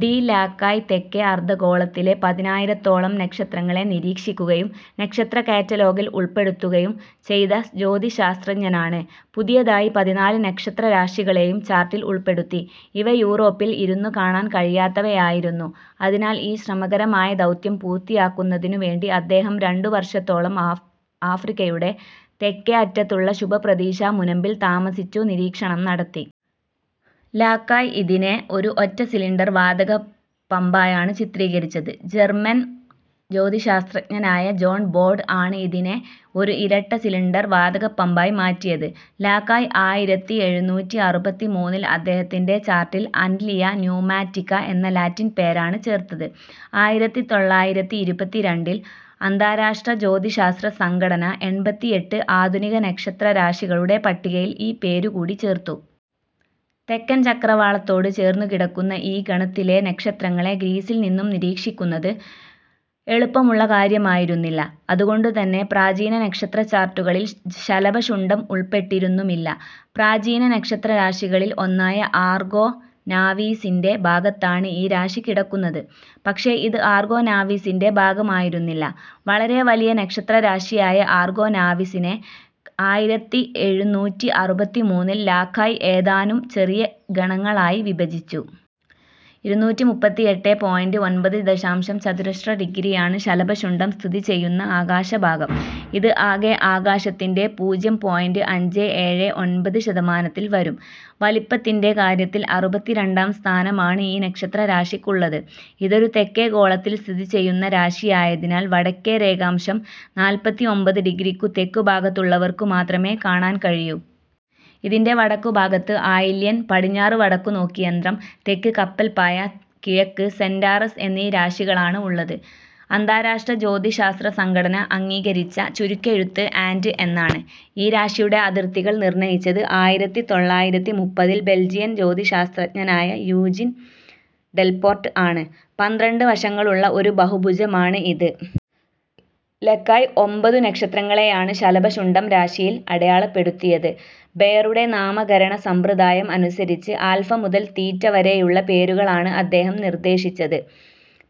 D Lacaille തെക്കെ അർദ്ധഗോളത്തിലെ പതിനായിരത്തോളം നക്ഷത്രങ്ങളെ നിരീക്ഷിക്കുകയും നക്ഷത്ര കാറ്റലോഗിൽ ഉൾപ്പെടുത്തുകയും ചെയ്ത ജ്യോതിഃശാസ്ത്രജ്ഞനാണ്. പുതിയതായി പതിനാല് നക്ഷത്രരാശികളെയും ചാർട്ടിൽ ഉൾപ്പെടുത്തി. ഇവ യൂറോപ്പിൽ ഇരുന്നു കാണാൻ കഴിയാത്തവയായിരുന്നു. അതിനാൽ ഈ ശ്രമകരമായ ദൗത്യം പൂർത്തിയാക്കുന്നതിനു വേണ്ടി അദ്ദേഹം രണ്ടു വർഷത്തോളം ആ ആഫ്രിക്കയുടെ തെക്കെ അറ്റത്തുള്ള ശുഭപ്രതീക്ഷാ മുനമ്പിൽ താമസിച്ചു നിരീക്ഷണം നടത്തി. ലാകായ് ഇതിനെ ഒരു ഒറ്റ സിലിണ്ടർ വാതക പമ്പായാണ് ചിത്രീകരിച്ചത്. ജർമ്മൻ ജ്യോതിഃശാസ്ത്രജ്ഞനായ ജോൺ ബോഡ് ആണ് ഇതിനെ ഒരു ഇരട്ട സിലിണ്ടർ വാതക പമ്പായി മാറ്റിയത്. ലാകായ് ആയിരത്തിഎഴുനൂറ്റിഅറുപത്തിമൂന്നിൽ അദ്ദേഹത്തിന്റെ ചാർട്ടിൽ അന്റ്ലിയ ന്യുമാറ്റിക്ക എന്ന ലാറ്റിൻ പേരാണ് ചേർത്തത്. ആയിരത്തിതൊള്ളായിരത്തിഇരുപത്തിരണ്ടിൽ അന്താരാഷ്ട്ര ജ്യോതിശാസ്ത്ര സംഘടന എൺപത്തിയെട്ട് ആധുനിക നക്ഷത്രരാശികളുടെ പട്ടികയിൽ ഈ പേരു കൂടി ചേർത്തു. തെക്കൻ ചക്രവാളത്തോട് ചേർന്നു കിടക്കുന്ന ഈ ഗണത്തിലെ നക്ഷത്രങ്ങളെ ഗ്രീസിൽ നിന്നും നിരീക്ഷിക്കുന്നത് എളുപ്പമുള്ള കാര്യമായിരുന്നില്ല. അതുകൊണ്ടുതന്നെ പ്രാചീന നക്ഷത്രചാർട്ടുകളിൽ ശലഭശുണ്ഡം ഉൾപ്പെട്ടിരുന്നുമില്ല. പ്രാചീന നക്ഷത്രരാശികളിൽ ഒന്നായ ആർഗോ നാവീസിന്റെ ഭാഗത്താണ് ഈ രാശി കിടക്കുന്നത്. പക്ഷെ ഇത് ആർഗോ നാവീസിന്റെ ഭാഗമായിരുന്നില്ല. വളരെ വലിയ നക്ഷത്രരാശിയായ ആർഗോ നാവീസിനെ ആയിരത്തിഎഴുനൂറ്റിഅറുപത്തിമൂന്നിൽ ലാകായ് ഏതാനും ചെറിയ ഗണങ്ങളായി വിഭജിച്ചു. ഇരുനൂറ്റിമുപ്പത്തിയെട്ടെ പോയിന്റ് ഒൻപത് ദശാംശം ചതുരശ്ര ഡിഗ്രിയാണ് ശലഭശുണ്ഡം സ്ഥിതി ചെയ്യുന്ന ആകാശഭാഗം. ഇത് ആകെ ആകാശത്തിന്റെ പൂജ്യം പോയിന്റ് അഞ്ചേ ഏഴേ ഒൻപത് ശതമാനത്തിൽ വരും. വലിപ്പത്തിന്റെ കാര്യത്തിൽ അറുപത്തിരണ്ടാം സ്ഥാനമാണ് ഈ നക്ഷത്രരാശിക്കുള്ളത്. ഇതൊരു തെക്കെ ഗോളത്തിൽ സ്ഥിതി ചെയ്യുന്ന രാശിയായതിനാൽ വടക്കെ രേഖാംശം നാല്പത്തിഒൻപത് ഡിഗ്രിക്കു തെക്കുഭാഗത്തുള്ളവർക്കു മാത്രമേ കാണാൻ കഴിയൂ. ഇതിന്റെ വടക്കുഭാഗത്ത് ആയില്യൻ, പടിഞ്ഞാറ് വടക്കുനോക്കിയന്ത്രം, തെക്ക് കപ്പൽപ്പായ, കിഴക്ക് സെന്റാറസ് എന്നീ രാശികളാണ് ഉള്ളത്. അന്താരാഷ്ട്ര ജ്യോതിശാസ്ത്ര സംഘടന അംഗീകരിച്ച ചുരുക്കെഴുത്ത് ആന്റ് എന്നാണ്. ഈ രാശിയുടെ അതിർത്തികൾ നിർണ്ണയിച്ചത് ആയിരത്തിതൊള്ളായിരത്തിമുപ്പതിൽ ബൽജിയൻ ജ്യോതിഃശാസ്ത്രജ്ഞനായ യൂജിൻ ഡെൽപോർട്ട് ആണ്. പന്ത്രണ്ട് വശങ്ങളുള്ള ഒരു ബഹുഭുജമാണ് ഇത്. ലകായ് ഒമ്പതു നക്ഷത്രങ്ങളെയാണ് ശലഭശുണ്ഡം രാശിയിൽ അടയാളപ്പെടുത്തിയത്. ബെയറുടെ നാമകരണ സമ്പ്രദായം അനുസരിച്ച് ആൽഫ മുതൽ തീറ്റ വരെയുള്ള പേരുകളാണ് അദ്ദേഹം നിർദ്ദേശിച്ചത്.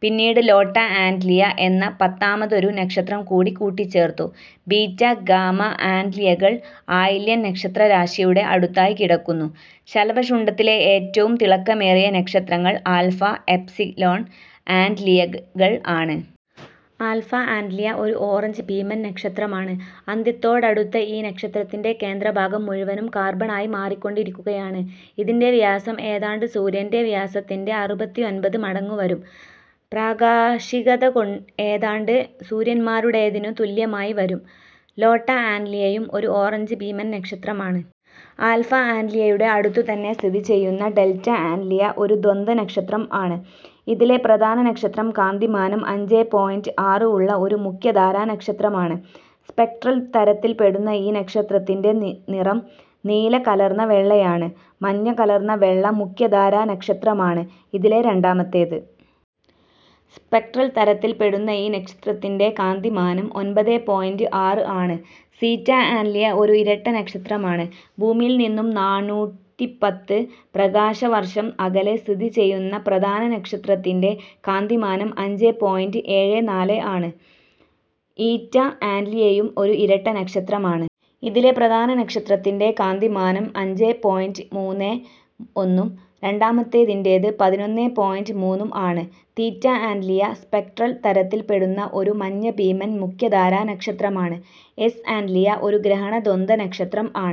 പിന്നീട് ലോട്ട ആന്റ്ലിയ എന്ന പത്താമതൊരു നക്ഷത്രം കൂടി കൂട്ടിച്ചേർത്തു. ബീറ്റ, ഗാമ ആന്റ്ലിയകൾ ആയില്യൻ നക്ഷത്രരാശിയുടെ അടുത്തായി കിടക്കുന്നു. ശലഭശുണ്ഡത്തിലെ ഏറ്റവും തിളക്കമേറിയ നക്ഷത്രങ്ങൾ ആൽഫ, എപ്സിലോൺ ആന്റ്ലിയകൾ ആണ്. ആൽഫ ആന്റ്ലിയ ഒരു ഓറഞ്ച് ഭീമൻ നക്ഷത്രമാണ്. അന്ത്യത്തോടടുത്ത ഈ നക്ഷത്രത്തിന്റെ കേന്ദ്രഭാഗം മുഴുവനും കാർബൺ ആയി മാറിക്കൊണ്ടിരിക്കുകയാണ്. ഇതിന്റെ വ്യാസം ഏതാണ്ട് സൂര്യന്റെ വ്യാസത്തിന്റെ അറുപത്തിഒൻപത് മടങ്ങു വരും. പ്രാകാശികത കൊ ഏതാണ്ട് സൂര്യന്മാരുടേതിനു തുല്യമായി വരും. ലോട്ട ആന്റ്ലിയയും ഒരു ഓറഞ്ച് ഭീമൻ നക്ഷത്രമാണ്. ആൽഫ ആന്റ്ലിയയുടെ അടുത്തു തന്നെ സ്ഥിതി ചെയ്യുന്ന ഡെൽറ്റ ആന്റ്ലിയ ഒരു ദ്വന്ദ്വനക്ഷത്രം ആണ്. ഇതിലെ പ്രധാന നക്ഷത്രം കാന്തിമാനം അഞ്ചേ പോയിന്റ് ആറ് ഉള്ള ഒരു മുഖ്യധാരാനക്ഷത്രമാണ്. സ്പെക്ട്രൽ തരത്തിൽ പെടുന്ന ഈ നക്ഷത്രത്തിന്റെ നി നിറം നീല കലർന്ന വെള്ളയാണ്. മഞ്ഞ കലർന്ന വെള്ള മുഖ്യധാരാനക്ഷത്രമാണ് ഇതിലെ രണ്ടാമത്തേത്. സ്പെക്ട്രൽ തരത്തിൽ പെടുന്ന ഈ നക്ഷത്രത്തിന്റെ കാന്തിമാനം ഒൻപതേ പോയിന്റ് ആറ് ആണ്. സീറ്റ ആന്റ്ലിയ ഒരു ഇരട്ട നക്ഷത്രമാണ്. ഭൂമിയിൽ നിന്നും നാണൂറ്റിപത്ത് പ്രകാശവർഷം അകലെ സ്ഥിതി ചെയ്യുന്ന പ്രധാന നക്ഷത്രത്തിന്റെ കാന്തിമാനം അഞ്ചേ പോയിന്റ് ഏഴേ നാല് ആണ്. ഈറ്റ ആന്റ്ലിയയും ഒരു ഇരട്ട നക്ഷത്രമാണ്. ഇതിലെ പ്രധാന നക്ഷത്രത്തിന്റെ കാന്തിമാനം അഞ്ചേ പോയിന്റ് മുന്നേ ഒന്നും രണ്ടാമത്തേതിന്റേത് പതിനൊന്നേ പോയിന്റ് മൂന്നും ആണ്. തീറ്റ ആന്റ്ലിയ സ്പെക്ട്രൽ തരത്തിൽ പെടുന്ന ഒരു മഞ്ഞഭീമൻ മുഖ്യധാരാനക്ഷത്രമാണ്. എസ് ആന്റ്ലിയ ഒരു ഗ്രഹണ ദ്വന്ദ്വനക്ഷത്രം ആണ്.